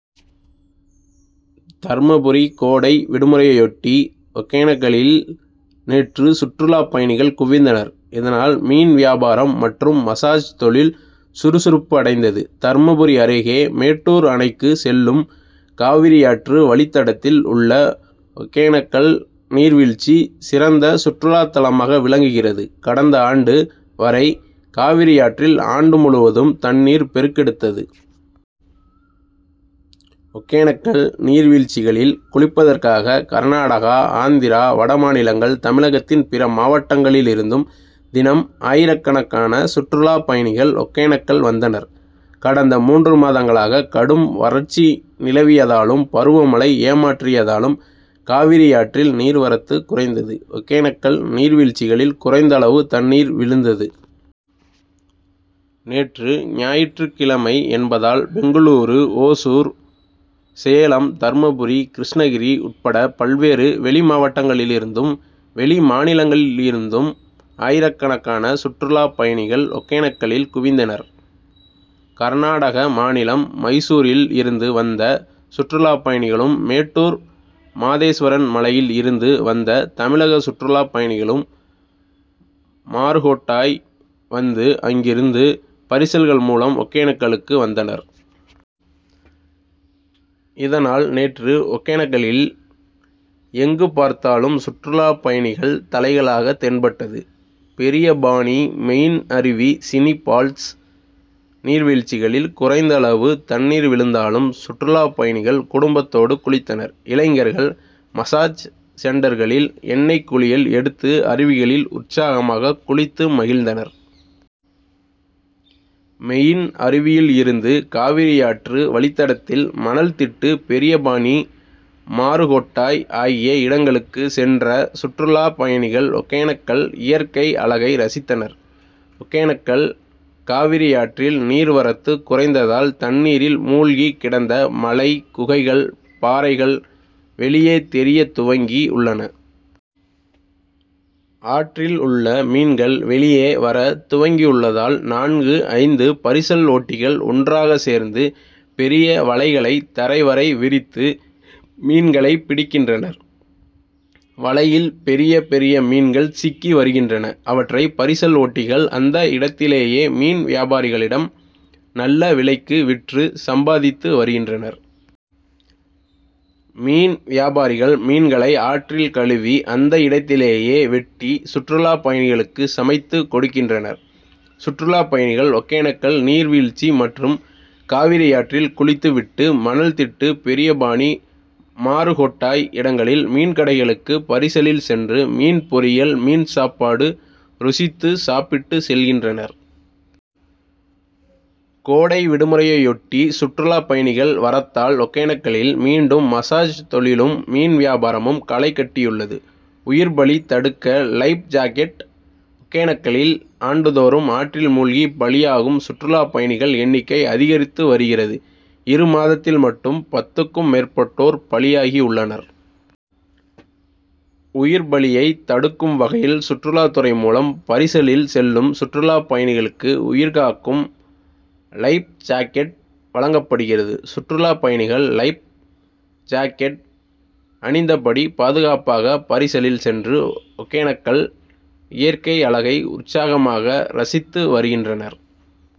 தர்மபுரி கோடை விடுமுறையையொட்டி ஒகேனக்கலில் நேற்று சுற்றுலா பயணிகள் குவிந்தனர். இதனால் மீன் வியாபாரம் மற்றும் மசாஜ் தொழில் சுறுசுறுப்பு அடைந்தது. தர்மபுரி அருகே மேட்டூர் அணைக்கு செல்லும் காவிரியாற்று வழித்தடத்தில் உள்ள ஒகேனக்கல் நீர் வீழ்ச்சி சிறந்த சுற்றுலாத்தலமாக விளங்குகிறது. கடந்த ஆண்டு வரை காவிரியாற்றில் ஆண்டு முழுவதும் தண்ணீர் பெருக்கெடுத்தது. ஒகேனக்கல் நீர் வீழ்ச்சிகளில் குளிப்பதற்காக கர்நாடகா ஆந்திரா வடமாநிலங்கள் தமிழகத்தின் பிற மாவட்டங்களிலிருந்தும் தினம் ஆயிரக்கணக்கான சுற்றுலா பயணிகள் ஒகேனக்கல் வந்தனர். கடந்த மூன்று மாதங்களாக கடும் வறட்சி நிலவியதாலும் பருவ மழை ஏமாற்றியதாலும் காவிரியாற்றில் நீர்வரத்து குறைந்தது. ஒகேனக்கல் நீர் வீழ்ச்சிகளில் குறைந்த அளவு தண்ணீர் விழுந்தது. நேற்று ஞாயிற்றுக் கிழமை என்பதால் பெங்களூரு ஓசூர் சேலம் தர்மபுரி கிருஷ்ணகிரி உட்பட பல்வேறு வெளி மாவட்டங்களிலிருந்தும் வெளி மாநிலங்களில் இருந்தும் ஆயிரக்கணக்கான சுற்றுலா பயணிகள் ஒகேனக்கலில் குவிந்தனர். கர்நாடக மாநிலம் மைசூரில் இருந்து வந்த சுற்றுலா பயணிகளும் மேட்டூர் மாதேஸ்வரன் மலையில் இருந்து வந்த தமிழக சுற்றுலா பயணிகளும் மாருகொட்டாய் வந்து அங்கிருந்து பரிசல்கள் மூலம் ஒகேனக்கலுக்கு வந்தனர். இதனால் நேற்று ஒகேனக்கலில் எங்கு பார்த்தாலும் சுற்றுலா பயணிகள் தலைகளாக தென்பட்டது. பெரியபாணி மெயின் அருவி சினி பால்ஸ் நீர்வீழ்ச்சிகளில் குறைந்த அளவு தண்ணீர் விழுந்தாலும் சுற்றுலா பயணிகள் குடும்பத்தோடு குளித்தனர். இளைஞர்கள் மசாஜ் சென்டர்களில் எண்ணெய் குளியல் எடுத்து அருவிகளில் உற்சாகமாக குளித்து மகிழ்ந்தனர். மெயின் அருவியில் இருந்து காவிரியாற்று வழித்தடத்தில் மணல் திட்டு பெரியபாணி மாருகொட்டாய் ஆகிய இடங்களுக்கு சென்ற சுற்றுலா பயணிகள் ஒகேனக்கல் இயற்கை அழகை ரசித்தனர். ஒகேனக்கல் காவிரியாற்றில் நீர் வரத்து குறைந்ததால் தண்ணீரில் மூழ்கி கிடந்த மலை குகைகள் பாறைகள் வெளியே தெரிய துவங்கி உள்ளன. ஆற்றில் உள்ள மீன்கள் வெளியே வர துவங்கியுள்ளதால் நான்கு ஐந்து பரிசல் ஓட்டிகள் ஒன்றாக சேர்ந்து பெரிய வலைகளை தரை வரை விரித்து மீன்களை பிடிக்கின்றனர். வலையில் பெரிய பெரிய மீன்கள் சிக்கி வருகின்றன. அவற்றை பரிசல் ஓட்டிகள் அந்த இடத்திலேயே மீன் வியாபாரிகளிடம் நல்ல விலைக்கு விற்று சம்பாதித்து வருகின்றனர். மீன் வியாபாரிகள் மீன்களை ஆற்றில் கழுவி அந்த இடத்திலேயே வெட்டி சுற்றுலா பயணிகளுக்கு சமைத்து கொடுக்கின்றனர். சுற்றுலா பயணிகள் ஒகேனக்கல் நீர் வீழ்ச்சி மற்றும் காவிரியாற்றில் குளித்து விட்டு மணல் திட்டு பெரியபாணி மாருகொட்டாய் இடங்களில் மீன்கடைகளுக்கு பரிசலில் சென்று மீன் பொரியல் மீன் சாப்பாடு ருசித்து சாப்பிட்டு செல்கின்றனர். கோடைவிடுமுறையையொட்டி சுற்றுலா பயணிகள் வரத்தால் ஒகேனக்கலில் மீண்டும் மசாஜ் தொழிலும் மீன் வியாபாரமும் களை கட்டியுள்ளது. உயிர் பலி தடுக்க லைப் ஜாக்கெட் ஒகேனக்கலில் ஆண்டுதோறும் ஆற்றில் மூழ்கி பலியாகும் சுற்றுலா பயணிகள் எண்ணிக்கை அதிகரித்து வருகிறது. இரு மாதத்தில் மட்டும் பத்துக்கும் மேற்பட்டோர் பலியாகி உள்ளனர். உயிர் பலியை தடுக்கும் வகையில் சுற்றுலா துறை மூலம் பரிசலில் செல்லும் சுற்றுலா பயணிகளுக்கு உயிர்காக்கும் லைப்ஜாக்கெட் வழங்கப்படுகிறது. சுற்றுலா பயணிகள் லைப் ஜாக்கெட் அணிந்தபடி பாதுகாப்பாக பரிசலில் சென்று ஒகேனக்கல் இயற்கை அழகை உற்சாகமாக ரசித்து வருகின்றனர்.